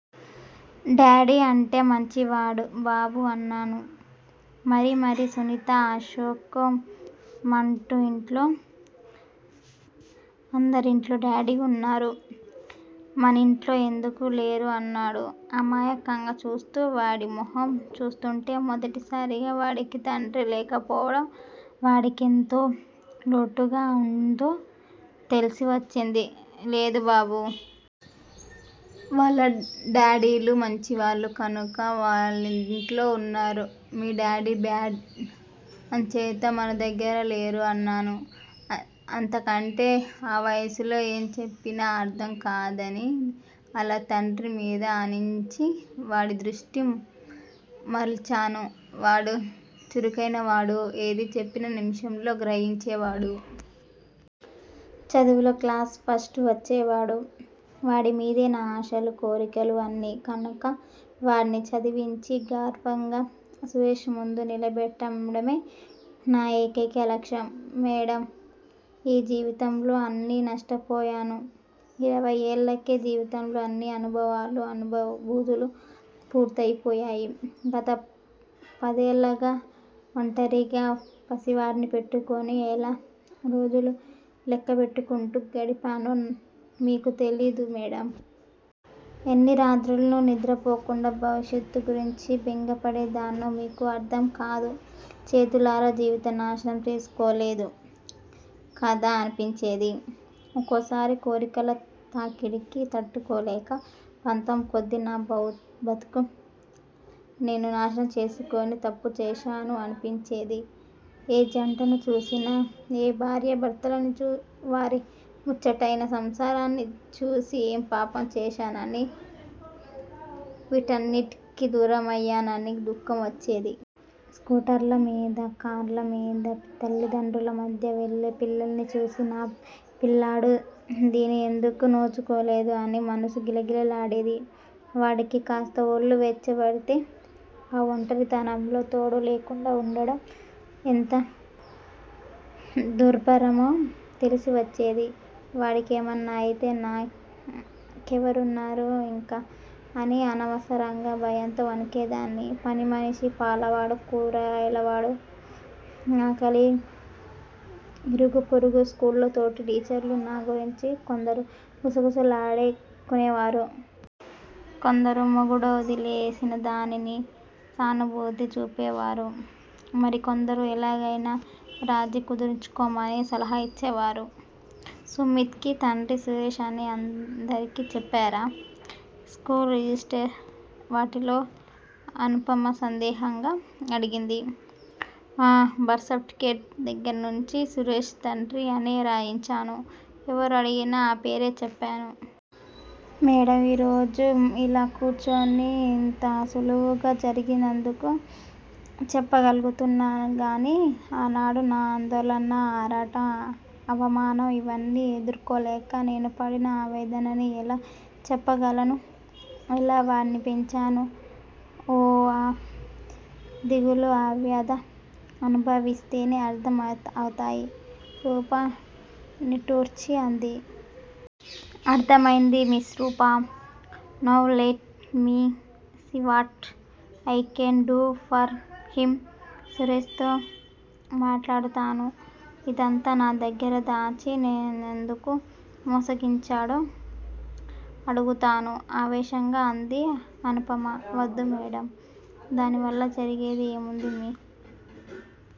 Daddy అంటే మంచివాడు బాబూ అన్నాను. మరి మరి సునీతా, అశోక్, మంటూ ఇంట్లో, అందరింట్లో డాడి వున్నారు. మనింట్లో ఎందుకు లేరు అన్నాడు అమాయకంగా చూస్తూ. వాడి మొహం చూస్తుంటే మొదటిసారిగా వాడికి తండ్రి లేకపోవడం వాడి కెంతో లోటుగా వుందో తెల్సి వచ్చింది లేదు బాబూ! వాళ్ళ డాడీలు మంచివాళ్ళు కనక వాళ్ళింట్లో వున్నారు, మీ డాడీ బాడ్, అంచేత మనదగ్గర లేరు అన్నాను అంతకంటే ఆ వయసులో ఏం చెప్పినా అర్ధం కాదని. అలా తండ్రి మీద ఆనించి వాడి దృష్టి మల్చాను. వాడు చురుకైనవాడు. ఏది చెప్పినా నిమిషంలో గ్రహించేవాడు. చదువులో క్లాసు ఫస్టు వచ్చేవాడు. వాడిమీదే నా ఆశలు, కోరికలు అన్నీ, కనక వాడ్ని చదివించి గర్వంగా సురేష్ ముందు నిలబెట్టడమే నా ఏకైక లక్ష్యం. మేడమ్! ఈ జీవితంలో అన్నీ నష్టపోయాను. ఇరవై ఏళ్ళకే జీవితంలో అన్ని అనుభవాలు అనుభూతులు పూర్తయిపోయాయి. గత పదేళ్ళగా వంటరిగా పసివాడ్ని పెట్టుకుని ఎలా రోజులు లెక్కపెట్టుకుంటూ గడిపానో మీకు తెలియదు మేడమ్. ఎన్ని రాత్రులు నిద్రపోకుండా భవిష్యత్తు గురించి బెంగపడేదాన్నో మీకు అర్ధం కాదు. చేతులారా జీవితం నాశనం చేసుకోలేదు కదా అనిపించేది. ఒకోసారి కోరికల తాకిడికి తట్టుకోలేక. పంతంకొద్దీ నా బతుకు నేను నాశనం చేసుకుని తప్పు చేశాను అనిపించేది ఏ జంటను చూసినా. ఏ భార్యా భర్తలని చూ వారి ముచ్చటైనా సంసారాలని చూసి ఏం పాపం చేశానని వీటన్నిటికి దూరమయ్యానని దుఃఖం వచ్చేది. స్కూటర్ల మీద, కార్లమీద తల్లితండ్రుల మధ్య వెళ్ళే పిల్లల్ని చూసి నా పిల్లాడు దీని ఎందుకు నోచుకోలేదు అని మనసు గిలగిల్లాడేది. వాడికి కాస్త ఒళ్ళు వెచ్చబడితే ఆ ఒంటరితనంలో తోడులేకుండా ఉండడం ఎంత దుర్భరమో తెలిసివచ్చేది. వాడికేమన్నా అయితే నా కేవరున్నారు ఇంక అని అనవసరంగా భయంతో వణికేదాన్ని, పనిమనిషి, పాలవాడు, కూరగాయలవాళ్ళు, చాకలి, ఇరుగుపొరుగు, స్కూల్లో తోటి టీచర్లు నా గురించి కొందరు గుసగుసలాడేకునేవారు. కొందరు మొగుడోదిలేసినదానినని సానుభూతి చూపేవారు. మరికొందరు ఎలాగైనా రాజీ కుదుర్చుకోమని సలహా ఇచ్చేవారు. సుమిత్ కి తండ్రి సురేష్ అనే అందరికి చెప్పరా? స్కూలు రిజిస్టర్ వాటిల్లో అనుపమ సందేహంగా అడిగింది. ఆహా బర్త్ సర్టిఫికేట్ దగ్గరనించి సురేష్ తండ్రి అనే రాయించాను. ఎవరు అడిగినా ఆ పేరే చెప్పాను. మేడమ్! ఈరోజు ఇలా కుర్చుని ఇంత సులువుగా జరిగినందుకు చెప్పగలుగుతున్నానుగానీ, ఆనాడు నా ఆందోళన, ఆరాటం అవమానం ఇవన్నీ ఎదుర్కోలేక నేను పడిన ఆవేదనని ఎలా చెప్పగలను. ఎలా వాడ్ని పెంచాను. ఓహ్! ఆ దిగులు, అవ్యద అనుభవిస్తేనే అర్ధం అవ అవుతాయి. రూప నిట్టూర్చి అంది. అర్ధమైంది Miss Rupa! Now let me, what I can do for him, Suresh తో మాట్లాడుతాను, ఇదంతా నా దగ్గర దాచి నందుకు మోసగించాడో అడుగుతాను ఆవేశంగా అంది అనుపమ. వద్దు మేడమ్! దానివల్ల జరిగేది ఏముంది. మీ